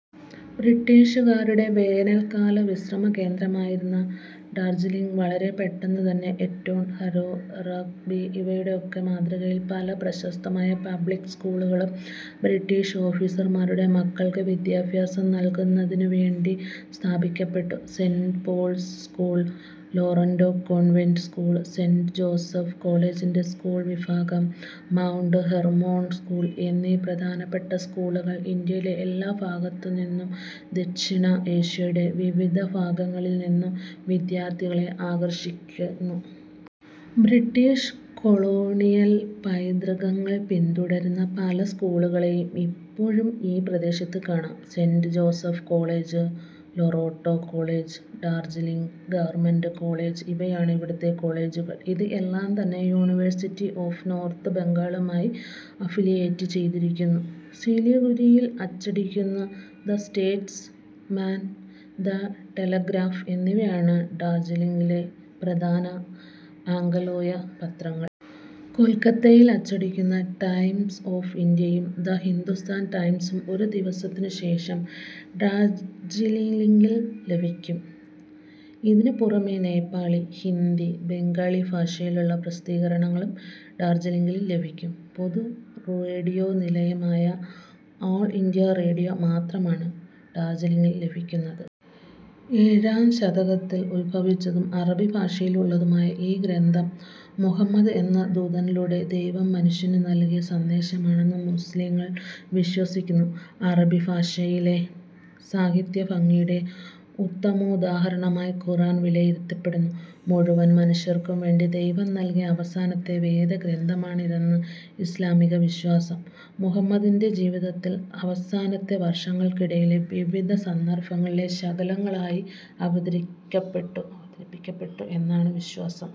ബ്രിട്ടീഷുകാരുടെ വേനൽക്കാല വിശ്രമ കേന്ദ്രമായിരുന്ന ഡാർജീലിംഗ് വളരെ പെട്ടെന്ന് തന്നെ എറ്റോൺ, ഹാരോ, റഗ് ബി ഇവയുടെ ഒക്കെ മാതൃകയിൽ പല പ്രശസ്തമായ പബ്ലിക്ക് സ്കൂളുകളും ബ്രീട്ടിഷ് ഓഫീസർമാരുടെ മക്കൾക്ക് വിദ്യാഭ്യാസം നൽക്കുന്നതിനു വേണ്ടി സ്ഥാപിക്കപ്പെട്ടു. സെന്റ് പോൾസ് സ്കൂൾ, ലോറെന്റോ convent school, saint Joseph കോളേജിന്റെ സ്ക്കൂൾ വിഭാഗം, മൗണ്ട് ഹെർമോൺ സ്കൂൾ എന്നി പ്രധാനപ്പെട്ട സ്കൂളുകൾ ഇന്ത്യയിലെ എല്ലാ ഭാഗത്തു നിന്നും ദക്ഷിണ ഏഷ്യയുടെ വിവിധ ഭാഗങ്ങളിൽ നിന്നും വിദ്യാർത്ഥികളെ ആകർഷിക്കുന്നു. ബ്രിട്ടിഷ് കൊളോണിയൽ പൈതൃകങ്ങൾ പിന്തുടരുന്ന പല സ്ക്കൂളുകളേയും ഇപ്പോഴും ഈ പ്രദേശത്ത് കാണാം. Saint Joseph's college, Loreto college, Darjeeling government college ഇവയാണ് ഇവിടുത്തെ കോളേജുകൾ. ഇത് എല്ലാം തന്നെ യൂണിവേഴ്സിറ്റി ഓഫ് നോർത്ത് ബംഗാളുമായി അഫിലിയേറ്റ് ചെയ്തിരിക്കുന്നു. സിലിഗുരിയിൽ അച്ചടിക്കുന്ന the Statesman, the Telegraph എന്നിവയാണ് ഡാർജിലിംഗിലെ പ്രധാന ആംഗലേയ പത്രങ്ങൾ. കൊൽകൊത്തയിൽ അച്ചടിക്കുന്ന ടൈംസ് ഓഫ് ഇന്ത്യയും, ദ ഹിന്ദുസ്ഥാൻ ടൈംസും ഒരു ദിവസത്തിനുശേഷം ഡാർജിലിംഗിൽ ലഭിക്കും. ഇതിനു പുറമേ നേപ്പാളി, ഹിന്ദി, ബംഗാളി ഭാഷയിൽ ഉള്ള പ്രസിദ്ധീകരണങ്ങളും ഡാർജിലിംഗിൽ ലഭിയ്ക്കും. പൊതു റേഡിയോ നിലയം ആയ ആൾ ഇന്ത്യ റേഡിയോ മാത്രം ആണ് ഡാർജിലിംഗിൽ ലഭിയ്ക്കുന്നത്. ഏഴാം ശതകത്തിൽ ഉത്ഭവിച്ചതും അറബി ഭാഷയിലുള്ളതുമായ ഈ ഗ്രന്ഥം, മുഹമ്മദ് എന്ന ദൂതനിലൂടെ ദൈവം മനുഷ്യനു നൽകിയ സന്ദേശമാണെന്ന് മുസ്ലിംകൾ വിശ്വസിക്കുന്നു. അറബി ഭാഷയിലെ സാഹിത്യഭംഗിയുടെ ഉത്തമോദാഹരണമായി ഖുർആൻ വിലയിരുത്തപ്പെടുന്നു. മുഴുവൻ മനുഷ്യർക്കും വേണ്ടി ദൈവം നൽകിയ അവസാനത്തെ വേദഗ്രന്ഥമാണ് ഇതെന്നാണ് ഇസ്ലാമികവിശ്വാസം. മുഹമ്മദിന്റെ ജീവിതത്തിൽ, അവസാനത്തെ വർഷങ്ങൾക്കിടയിലെ വിവിധ സന്ദർഭങ്ങളിൽ ശകലങ്ങളായി അവതരിപ്പിക്കപ്പെട്ടു എന്നാണ് വിശ്വാസം.